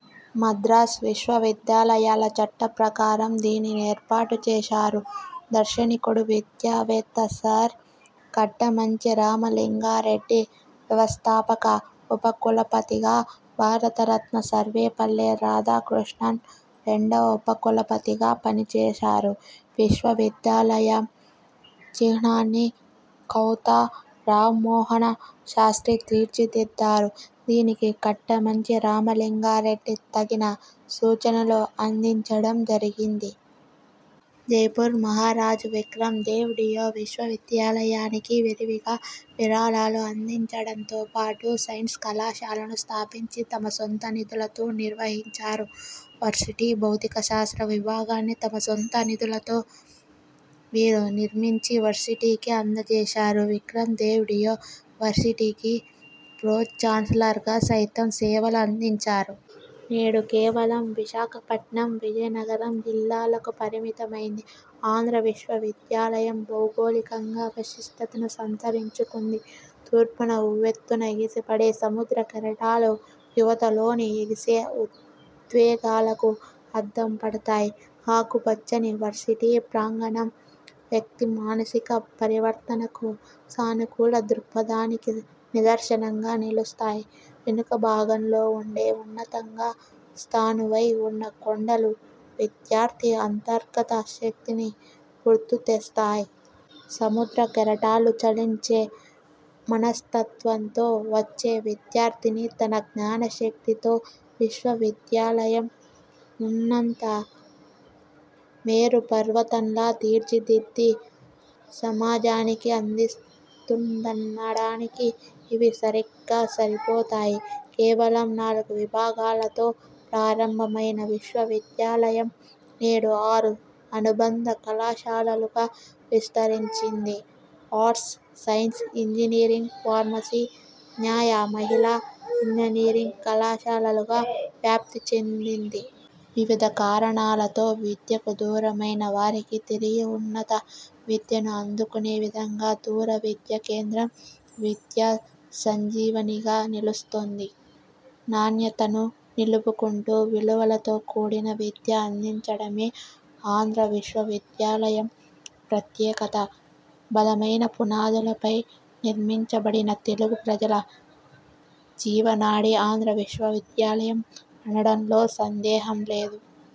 మద్రాసు విశ్వవిద్యాలయాల చట్టం ప్రకారం దీనిని ఏర్పాటు చేశారు. దార్శనికుడు, విద్యావేత్త సర్ కట్టమంచి రామలింగారెడ్డి వ్యవస్థాపక ఉపకులపతిగా, భారతరత్న సర్వేపల్లి రాధాకృష్ణన్ రెండవ ఉపకులపతిగా పనిచేసారు. విశ్వవిద్యాలయం చిహ్నాన్ని కౌతా రామమోహన శాస్ర్తి తీర్చిదిద్దారు. దీనికి కట్టమంచి రామలింగారెడ్డి తగిన సూచనలు అందించడం జరిగింది. జైపూర్ మహారాజు విక్రమ్ దేవ్ డియో విశ్వవిద్యాలయానికి విరివిగా విరాళాలు అందించడంతో పాటు సైన్స్ కళాశాలను స్థాపించి, తమ సొంత నిధులతో నిర్వహించారు. వర్సిటీ భౌతిక శాస్త్ర విభాగాన్ని తమ సొంత నిధులతో వీరు నిర్మించి వర్సిటీకి అందజేశారు. విక్రమ్ దేవ్ డియో వర్సిటీకి ప్రో చాన్సలర్గా సైతం సేవలు అందించారు. నేడు కేవలం విశాఖపట్నం, విజయనగరం జిల్లాలకు పరిమితమైంది. ఆంధ్ర విశ్వవిద్యాలయం భౌగోళికంగా విశిష్టతను సంతరించుకుంది. తూర్పున ఉవ్వెత్తున ఎగిసిపడే సముద్రకెరటాలు యువతలోని ఎగిసే ఉద్వేగాలకు అద్దంపడతాయి. ఆకుపచ్చని వర్సిటీ ప్రాంగణం వ్యక్తి్ మానసిక పరివర్తనకు, సానుకూల దృక్పథానికి నిదర్శనంగా నిలుస్తాయి. వెనుక భాగంలో ఉండే ఉన్నతంగా స్థాణువై ఉన్న కొండలు విద్యార్థి అంతర్గత శక్తిని గుర్తుతెస్తాయి. సముద్ర కెరటాలు చలించే మనస్తత్వంతో వచ్చే విద్యార్థిని తన జ్ఞానశక్తితో విశ్వవిద్యాలయం ఉన్నత మేరుపర్వతంలా తీర్చిదిద్ది సమాజానికి అందిస్తుందనడానికి ఇవి సరిగ్గా సరిపోతాయి. కేవలం నాలుగు విభాగాలతో ప్రారంభమైన విశ్వవిద్యాలయం నేడు ఆరు అనుబంధ కళాశాలలుగా విస్తరించింది. ఆర్ట్స్, సైన్స్, ఇంజనీరింగ్, ఫార్మసీ, న్యాయ, మహిళా ఇంజనీరింగ్ కళాశాలలుగా వ్యాప్తిచెందింది. వివిధ కారణాలతో విద్యకు దూరమైన వారికి తిరిగి ఉన్నత విద్యను అందుకునే విదంగా దూరవిద్య కేంద్రం విద్యా సంజీవనిగా నిలుస్తోంది. నాణ్యతను నిలుపుకుంటూ, విలువలతో కూడిన విద్య అందించడమే ఆంధ్ర విశ్వవిద్యాలయం ప్రత్యేకత. బలమైన పునాదులపై నిర్మించబడిన తెలుగు ప్రజల జీవనాడి ఆంధ్ర విశ్వవిద్యాలయం అనడంలో సందేహం లేదు.